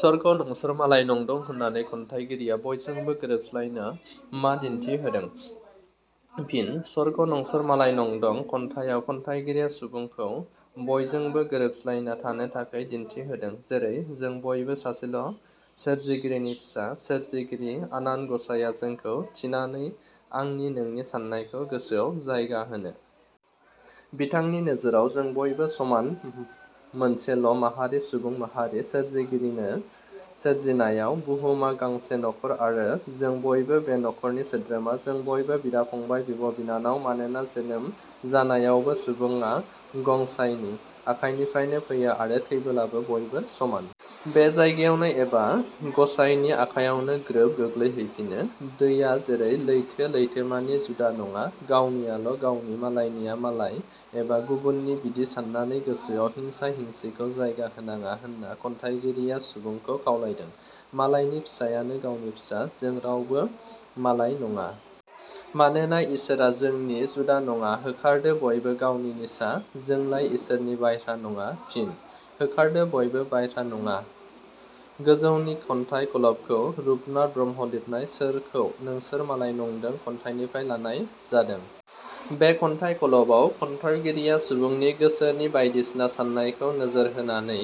सरखौ नंसर मालाय नंद" होन्नानै खन्थाइगिरिया बयजोंबो गोरोबज्लायनो मा दिन्थि होदों? फिन: "सरखौ नंसोर मालाय नंदं" खन्थाइयाव खन्थाइगिरिया सुबुंखौ बयजोंबो गोरोबज्लायना थानो थाखै दिन्थि होदों। जेरै- जों बयबो सासेल' सोरजिगिरिनि फिसा। सोरजिगिरि आनान ग 'साइआ जोंखौ थिनाखै आंनि नोंनि सान्नायखौ गोसोआव जायगा होनो। बिथांनि नोजोराव जों बयबो समान मोनसेल' माहारि-सुबुं माहारि। सोरजिगिरिनिनो सोरजिनायाव बुहुमा गंसे नख'र आरो जों बयबो बे नख 'रनि सोद्रोमा। जों बयबो बिदा-फंबाय, बिंब' बिनानाव। मानोना, जोनोम जानायावबो सुबुंआ गं 'साइनि आखायनिफ्रायनो फैयो आरो थैबोलाबो बयबो समान। बे जायगायावनो एबा ग 'साइनि आखायावनो ग्रोब गोग्लैहैफिनो। दैया जेरै लैथो-लैथोमानि जुदा नडा। गावनियाल' गावनि, मालायनिया मालाय एबा गुबुननि बिदि सान्नानै गोसोआव हिंसा-हिंसिखौ जायगा होनाडा होन्ना खन्थाइगिरिया सुबुंखौ खावलायदों। मालायनि फिसायानो गावनि फिसा, जों रावबो मालाय नङा। मानोना इसोरआ जोंनि जुदा नङा। होखारदो बयबो गावनि निसा जोंलाय इसोरनि बाइह्रा नङा। फिन: "होखारदो बयबो……. बाइह्रा नङा। " गोजौनि खन्थाइ खल 'बखौ रुपनाथ ब्रह्म लिरनाय "सोरखौ नोंसोर मालाय नंदों" खन्थाइनिफ्राय लानाय जादों। बे खन्थाइ खल 'बाव खन्थाइगिरिया सुबुंनि गोसोनि बायदिसिना सान्नायखौ नोजोर होन्नानै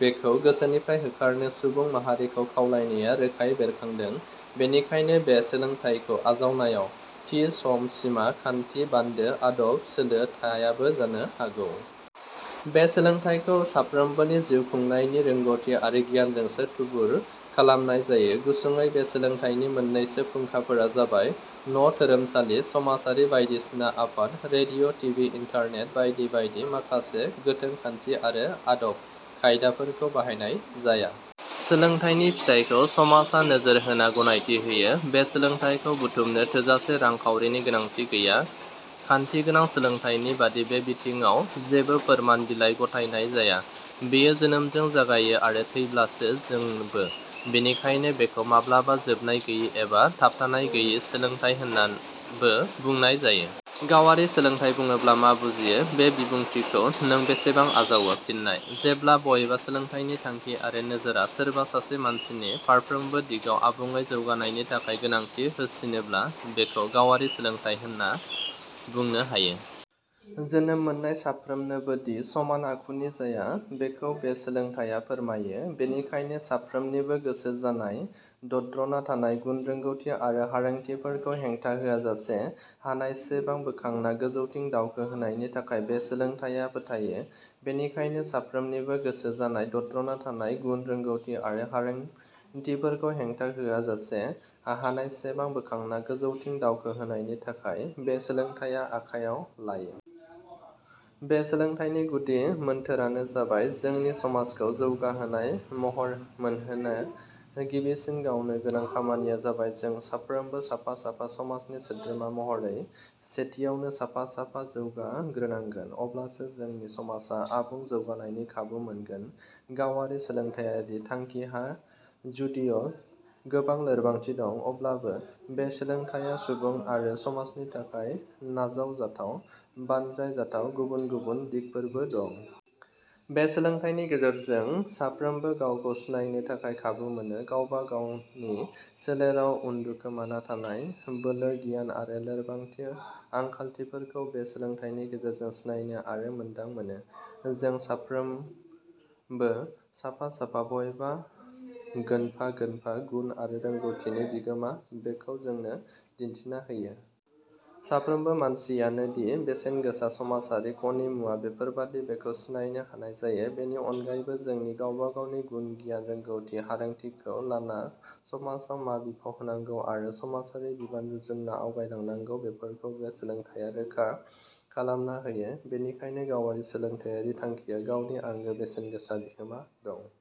बेखौ गोसोनिफ्राय होखारनो सुबुं माहारिखौ खावलायनाया रोखायै बेरखांदों। बेनिखायनो बे सोलोंथाइखौ आवजानायाव थि सम -सिमा, खान्थि -बान्दो, आदब – सोलो थायाबो जानो हागौ। बे सोलोंथाइखौ सानफ्रोमबोनि जिउ खुंनायनि रोंगौथि आरो गियानजोंसो थुबुर खालामनाय जायो। गुसुंङै बे सोलोंथाइनि मोननैसो फुंखाफोरा जाबाय न',धोरोमसालि समाजारि बायदिसिना आफाद ,रेडिअ', टिभि, इन्टारनेट बायदि बायदि। माखासे गोथों खान्थि आरो आदब खायदाफोरखौ बाहायनाय जाया। सोलोंथाइनि फिथाइखौ समाजा नोजोर होना गनायथि होयो। बे सोलोंथाइखौ बुथुमनो थोजासे रां खाउरिनि गोनांथि गैया। खान्थिगोनां सोलोंथाइनि बादि बे बिथिंङाव जेबो फोरमान बिलाइ गथायनाय जाया। बेयो जोनोमजों जागायो आरो थैब्लासो जोंबो बेनिखाइनो बेखौ माब्लाबा जोबनाय गैयि एबा थाबथानाय गैयि सोलोंथाइ होननाबो बुंनाय जायो। गावारि सोलोंथाइ बुङोब्ला मा बुजियो? बे बिबुंथिखौ नों बेसेबां नाजावो? फिननाय: जेब्ला बबेबा सोलोंथाइनि थांखि आरो नोजोरा सोरबा सासे मानसिनि फारफ्रोमबो दिगाव आबुंङै जौगानायनि थाखाय गोनांथि होसिनोब्ला, बेखौ गावारि सोलोंथाइ होनना बुंनो हायो। जोनोम मोननाय साफ्रोमनोबोदि समान आखुनि जाया बेखौ बे सोलोंथाइया फोथायो। बेनिखायनो साफ्रोमनिबो गोसो जानाय, दद्र'ना थानाय गुन रोंगौथि आरो हारोंथि फोरखौ हेंथा होयाजासे हानायसेबां बोखांना गोजौथिं दावखो होनायनि थाखाय बे सोलोंथाइया फोथायो। बेनिखायनो साफ्रोमनिबो गोसो जानाय, दद्र'ना थानाय गुन रोंगौथि आरो हारोंथिफोरखौ हेंथा होआ जासे हानायसेबां बोखांना गोजौथिं दावखो होनायनि थाखाय बे सोलोंथाइया आखाइयाव लायो। बे सोलोंथाइनि गुदि मोन्थोरानो जाबाय जोंनि समाजखौ जौगानाय महर मोनहोनो गिबिसिन गावनो गोनां खामानिया जाबाय जों साफ्रोमबो साफा-साफा समाजनि सोद्रोमा महरै सेथियावनो साफा-साफा जौगाग्रोनांगोन, अब्लासो जोंनि समाजा आबुं जौगानायनि खाबु मोनगोन। गावारि सोलोंथायारि थांखिहा जुदिउ गोबां लोरबांथि दं अब्लाबो बे सोलोंथाइया सुबुं आरो समाजनि थाखाय नाजाव जाथाव, बानजाय जाथाव गुबुन-गुबुन दिगफोरबो दं। बे सोलोंथाइनि गेजेरजों साफ्रोमबो गावखौ सिनायनो थाखाय खाबु मोनो। गावबा-गावनि सोलेराव उनदुखोमाना थानाय बोलो-गियान आरो लोरबांथि-आंखालथिफोरखौ बे सोलोंथाइनि गेजेरजों सिनायनो आरो मोन्दांमोनो। जों साफ्रोगबो साफा-साफा बबेबा गोनफा- गोनफा गुन आरो रोंगौथिनि बिगोमा बेखौ जोंनो दिन्थिना होयो। साफ्रोमबो मानसिया नोदि बेसेन गोसा समाजारि ख'नि मुवा फोरबादि बेखौ सिनायनो हानाय जायो। बेनि अनगायैबो जोंनि गावबा-गावनि गुन-गियान, रोगौथि- हारोंथिखौ लाना समाजाव मा बिफाव होनांगौ आरो समाजारि बिबान रुजुना आवगायलांनांगौ बेफोरखौ बे सोलोंथाइया रोखा-खालामना होयो। बेनिखायनो गावारि सोलोंथाइयारि थांखिया गावनि आंगो बेसेनगोसा बिहोमा दं।